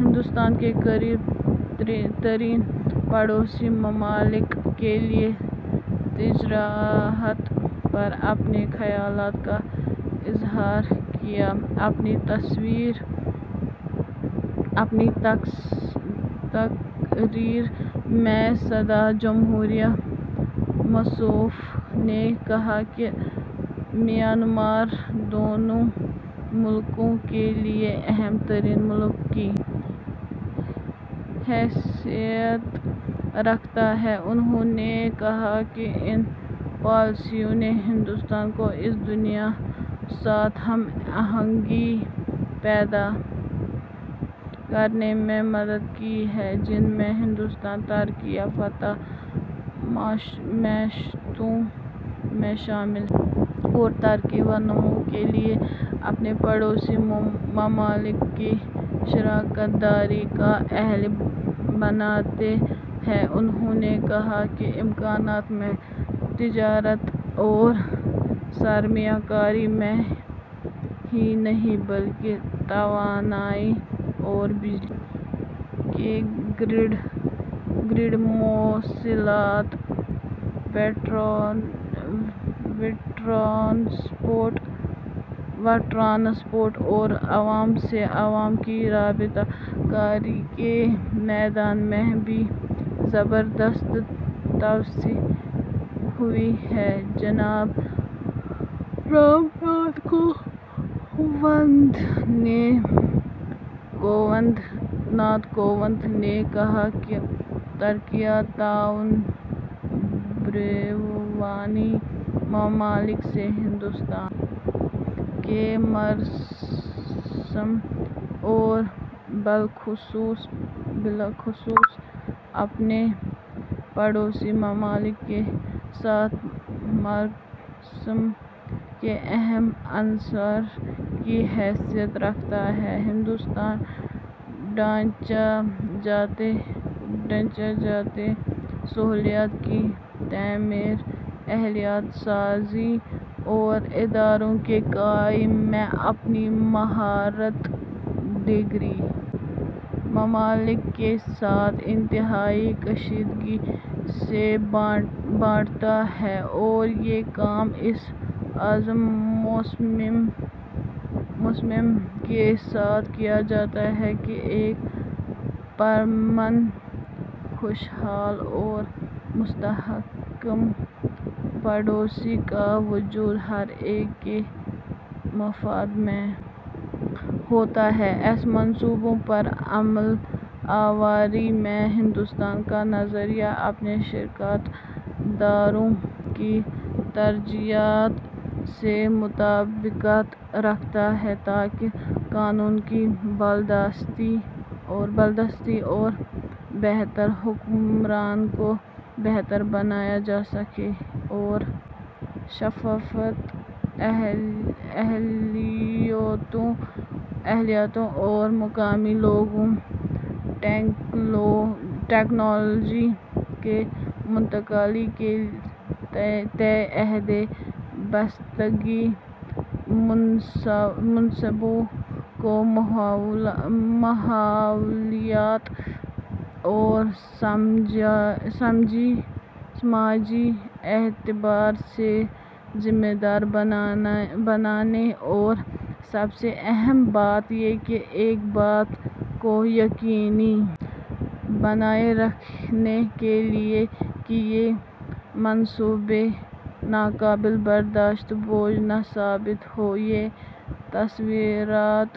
ہندوستان کے قریب ترین پڑوسی ممالک کے لیے ترجیحات پر اپنے خیالات کا اظہار کیا اپنی تقریر میں صدر جمہوریہ موصوف نے کہا کہ میانمار دونوں ملکوں کے لیے اہم ترین ملک کی حیثیت رکھتا ہے انہوں نے کہا کہ ان پالیسیوں نے ہندوستان کو اس دنیا کے ساتھ ہم آہنگی پیدا کرنے میں مدد کی ہے جن میں ہندوستان ترقی یافتہ معیشتوں میں شامل ہے اور ترقی و نمو کے لیے اپنے پڑوسی ممالک کو شراکت داری کا اہل بناتے ہیں انہوں نے کہا کہ امکانات میں تجارت اور سرمایہ کاری میں ہی نہیں بلکہ توانائی اور بجلی کے گرڈ مواصلات و ٹرانسپورٹ اور عوام سے عوام کی رابطہ کاری کے میدان میں بھی زبردست توسیع ہوئی ہے جناب رام ناتھ کووند نے کہا کہ ترقیاتی تعاون بیرونی ممالک سے ہندوستان کے مراسم اور بالخصوص اپنے پڑوسی ممالک کے ساتھ مراسم کے اہم عنصر کی حیثیت رکھتا ہے ہندوستان ڈھانچہ جاتی سہولیات کی تعمیر اہلیت سازی اور اداروں کے قیام میں اپنی مہارت دیگر ممالک کے ساتھ انتہائی کشادگی سے بانٹتا ہے اور یہ کام اس عزم مصمم کے ساتھ کیا جاتا ہے کہ ایک پرامن خوشحال اور مستحکم پڑوسی کا وجود ہر ایک کے مفاد میں ہوتا ہے ایسے منصوبوں پر عمل آوری میں ہندوستان کا نظریہ اپنے شراکت داروں کی ترجیحات سے مطابقت رکھتا ہے تاکہ قانون کی بالادستی اور بہتر حکمرانی کو بہتر بنایا جا سکے اور شفافیت اہلیتوں اور مقامی لوگوں ٹیکنالوجی کی منتقلی کے تئیں عہد بستگی منصوبوں کو ماحولیاتی اور سماجی اعتبار سے ذمہ دار بنانے اور سب سے اہم بات یہ کہ اس بات کو یقینی بنائے رکھنے کے لیے کہ یہ منصوبے ناقابل برداشت بوجھ نہ ثابت ہوں یہ تصورات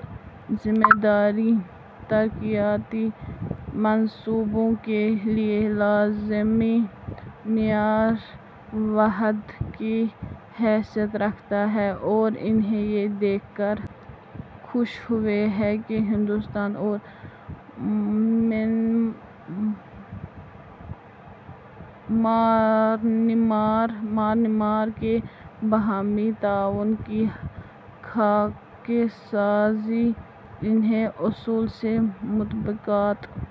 ذمہ دار ترقیاتی منصوبوں کے لیے لازمی معیار واحد کی حیثیت رکھتا ہے اور انہیں یہ دیکھ کر خوشی ہوئی ہے کہ ہندوستان اور میانمار کے باہمی تعاون کی خاکہ سازی انہی اصولوں سے مطابقت